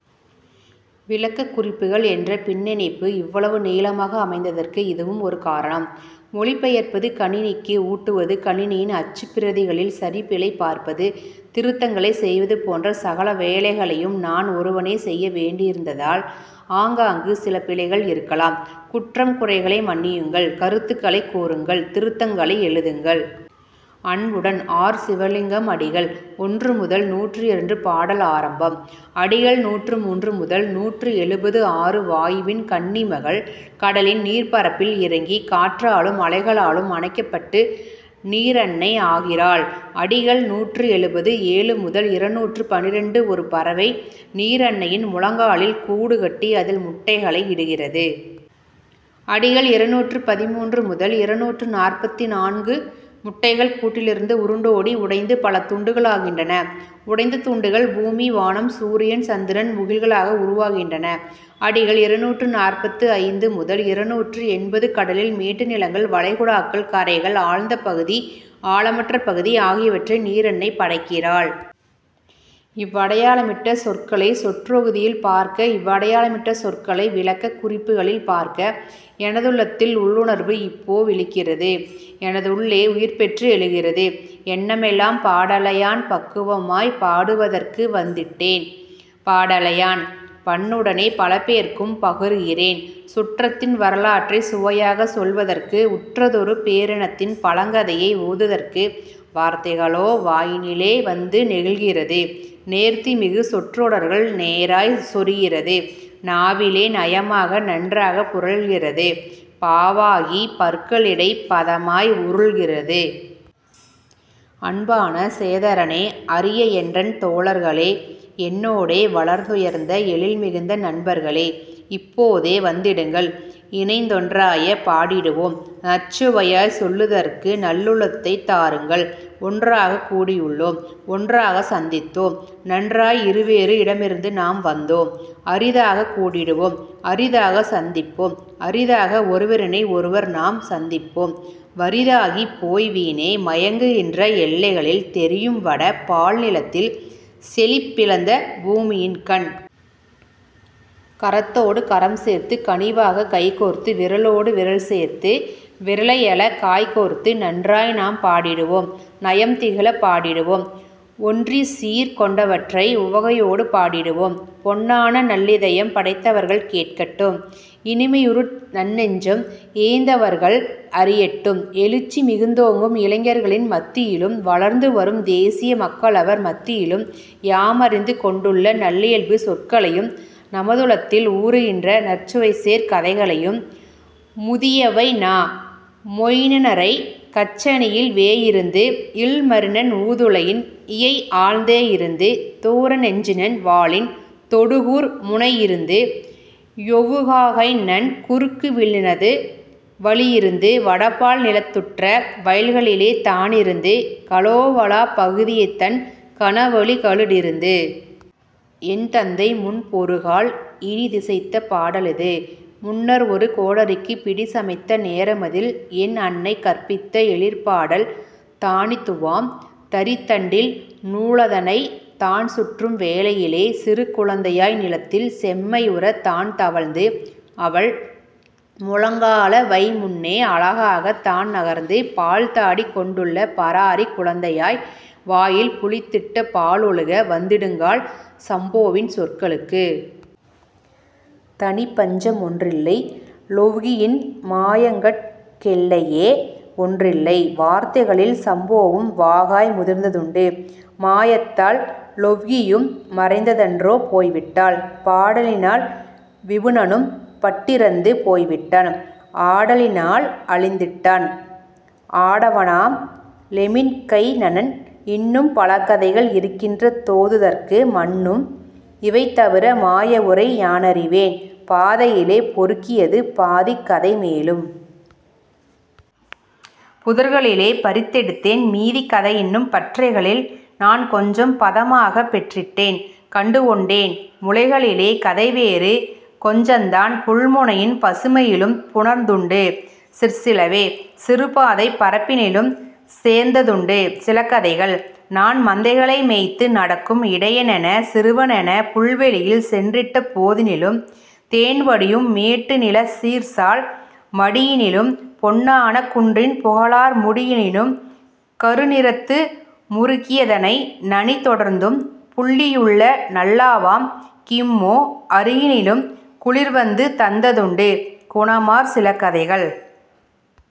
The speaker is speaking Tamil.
விளக்கக் குறிப்புகள் என்ற பின்னிணைப்பு இவ்வளவு நீளமாக அமைந்ததற்கு இதுவும் ஒரு காரணம். மொழிபெயர்ப்பது கணினிக்கு ஊட்டுவது கணினியின் அச்சுப் பிரதிகளில் சரிபிழை பார்ப்பது திருத்தங்களை செய்வது போன்ற சகல வேலைகளையும் நான் ஒருவனே செய்ய வேண்டியிருந்ததால் ஆங்காங்கு சில பிழைகள் இருக்கலாம். குற்றம் குறைகளை மன்னியுங்கள் கருத்துகளைக் கூறுங்கள் திருத்தங்களை எழுதுங்கள். அன்புடன் ஆர். சிவலிங்கம் அடிகள் ஒன்று முதல் நூற்று இரண்டு பாடல் ஆரம்பம். அடிகள் நூற்று மூன்று முதல் நூற்று எழுபது ஆறு வாயுவின் கன்னிமகள் கடலின் நீர்ப் பரப்பில் இறங்கி காற்றாலும் அலைகளாலும் அணைக்கப்பட்டு நீரன்னை ஆகிறாள். அடிகள் நூற்று எழுபது ஏழு முதல் இருநூற்று பன்னிரண்டு ஒரு பறவை நீரன்னையின் முழங்காலில் கூடு கட்டி அதில் முட்டைகளை இடுகிறது. அடிகள் இருநூற்று பதிமூன்று முதல் இருநூற்று நாற்பத்து நான்கு முட்டைகள் கூட்டிலிருந்து உருண்டோடி உடைந்து பல துண்டுகளாகின்றன உடைந்த துண்டுகள் பூமி வானம் சூரியன் சந்திரன் முகில்களாக உருவாகின்றன. அடிகள் இருநூற்று நாற்பத்து ஐந்து முதல் இருநூற்று எண்பது கடலில் மேட்டு நிலங்கள் வளைகுடாக்கள் கரைகள் ஆழ்ந்த பகுதி ஆழமற்ற பகுதி ஆகியவற்றை நீரன்னை படைக்கிறாள். இவ்வடையாளமிட்ட சொற்களை சொற்றொகுதியில் பார்க்க இவ்வடையாளமிட்ட சொற்களை விளக்கக் குறிப்புகளில் பார்க்க எனதுள்ளத்தில் உள்ளுணர்வு இப்போ விழிக்கிறது எனதுள்ளே உயிர்பெற்று எழுகிறது எண்ணமெல்லாம் பாடலையான் பக்குவமாய்ப் பாடுவதற்கு வந்திட்டேன் பாடலையான் பண்ணுடனே பலபேர்க்கும் பகருகிறேன் சுற்றத்தின் வரலாற்றைச் சுவையாகச் சொல்வதற்கு உற்றதொரு பேரினத்தின் பழங்கதையை ஓதுதற்கு வார்த்தைகளோ வாயினிலே வந்து நெகிழ்கிறது நேர்த்திமிகு சொற்றொடர்கள் நேராய்ச் சொரிகிறது நாவிலே நயமாக நன்றாகப் புரள்கிறது பாவாகிப் பற்களிடைப் பதமாய் உருள்கிறது. அன்பான சோதரனே அரியஎன்றன் தோழர்களே என்னோடே வளர்துயர்ந்த எழில்மிகுந்த நண்பர்களே இப்போது வந்திடுங்கள் இணைந்தொன்றாயப் பாடிடுவோம் நற்சுவையாய்ச் சொல்லுதற்கு நல்லுள்ளத்தைத் தாருங்கள் ஒன்றாகக் கூடியுள்ளோம் ஒன்றாகச் சந்தித்தோம் நன்றாய் இருவேறு இடமிருந்து நாம் வந்தோம் அரிதாகக் கூடிடுவோம் அரிதாகச் சந்திப்போம் அரிதாக ஒருவரினை ஒருவர்நாம் சந்திப்போம் வறிதாகிப் போய்வீணே மயங்குகின்ற எல்லைகளில் தெரியும்வட பால்நிலத்தில் செழிப்பிழந்த பூமியின்கண். கரத்தோடு கரம்சேர்த்துக் கனிவாகக் கைகோர்த்து விரலோடு விரல்சேர்த்து விரலையழ காய்க்கோர்த்து நன்றாய்நாம் பாடிடுவோம் நயம்திகழப் பாடிடுவோம் ஒன்றிச்சீர் கொண்டவற்றை உவகையோடு பாடிடுவோம் பொன்னான நல்லிதயம் படைத்தவர்கள் கேட்கட்டும் இனிமையுறு நன்நெஞ்சம் இயைந்தவர்கள் அறியட்டும் எழுச்சி மிகுந்தோங்கும் இளைஞர்களின் மத்தியிலும் வளர்ந்துவரும் தேசிய மக்களவர் மத்தியிலும் யாமறிந்து கொண்டுள்ள நல்லியல்புச் சொற்களையும் நமதுளத்தில் ஊறுகின்ற நற்சுவைசேர் கதைகளையும் முதியவைனா மொயினனரைக் கச்சணியில்ேயிருந்து இல்மரினன் ஊதுலையின் இயைஆழ்த்தேயிருந்து தூரநெஞ்சினன் வாளின் தொடுகூர் முனையிருந்து யொவுகாஹைநன் குறுக்கு வில்லினது வழியிருந்து வடபால் நிலத்துற்ற வயல்களிலே தானிருந்து கலேவலாப் பகுதியதன் கனவெளிகளுடிருந்து. என்தந்தை முன்பொருகால் இனிதிசைத்த பாடலிது முன்னர்ஒரு கோடரிக்குப் பிடிசமைத்த நேரமதில் என்அன்னை கற்பித்த எழிற்பாடல் தானிதுவாம் தறித்தண்டில் நூலதனைத் தான்சுற்றும் வேளையிலே சிறுகுழந்தையாய் நிலத்தில் செம்மையுறத் தான்தவழ்ந்து அவள்முழங்காலவைமுன்னே அழகாகத் தான்நகர்ந்து பால்தாடி கொண்டுள்ள பராரிக் குழந்தையதாய் வாயில் புளித்திட்ட பாலொழுக வந்திடுங்கால். சம்போவின் சொற்களுக்குத் தனிப்பஞ்ச மொன்றில்லை லொவ்ஹியின் மாயங்கட்கெல்லையே ஒன்றில்லை: வார்த்தைகளில் சம்போவும் வாகாய் முதிர்ந்ததுண்டு மாயத்தால் லொவ்ஹியும் மறைந்தன்றோ போய்விட்டாள் பாடலினால் விபுனனும் பட்டிறந்து போய்விட்டான் ஆடலினால் அழிந்திட்டான் ஆடவனாம் லெமின்கைனன் இன்னும் பலகதைகள் இருக்கின்ற தோதுதற்கு மன்னும் இவைதவிர மாயவுரை யானறிவேன் பாதையிலே பொறுக்கியது பாதிக் கதைமேலும் புதர்களிலே பறித்தெடுத்தேன் மீதிக் கதையின்னும் பற்றைகளில் நான்கொஞ்சம் பதமாகப் பெற்றிட்டேன் கண்டுகொண்டேன் முளைகளிலே கதைவேறு கொஞ்சந்தான் புல்முனையின் பசுமையிலும் புணர்ந்ததுண்டு சிற்சிலவே சிறுப்பாதைப் பரப்பினிலும் சேர்ந்ததுண்டு சிலகதைகள் நான்மந்தைகலைமேய்த்து நடக்கும் இடையனென சிறுவனெனப் புல்வெளியில் சென்றிட்ட போதினிலும் தேன்வடியும் மேட்டுநிலச் சீர்சால் மடியினிலும் பொன்னான குன்றின் புகழார் முடியினிலும் கருநிறத்து முரிக்கியதனை நனிதொடர்ந்தும் புள்ளியுள்ள நல்லாவாம் கிம்மோ அருகினிலும். குளிர்வந்து தந்ததுண்டு குணமார் சிலகதைகள்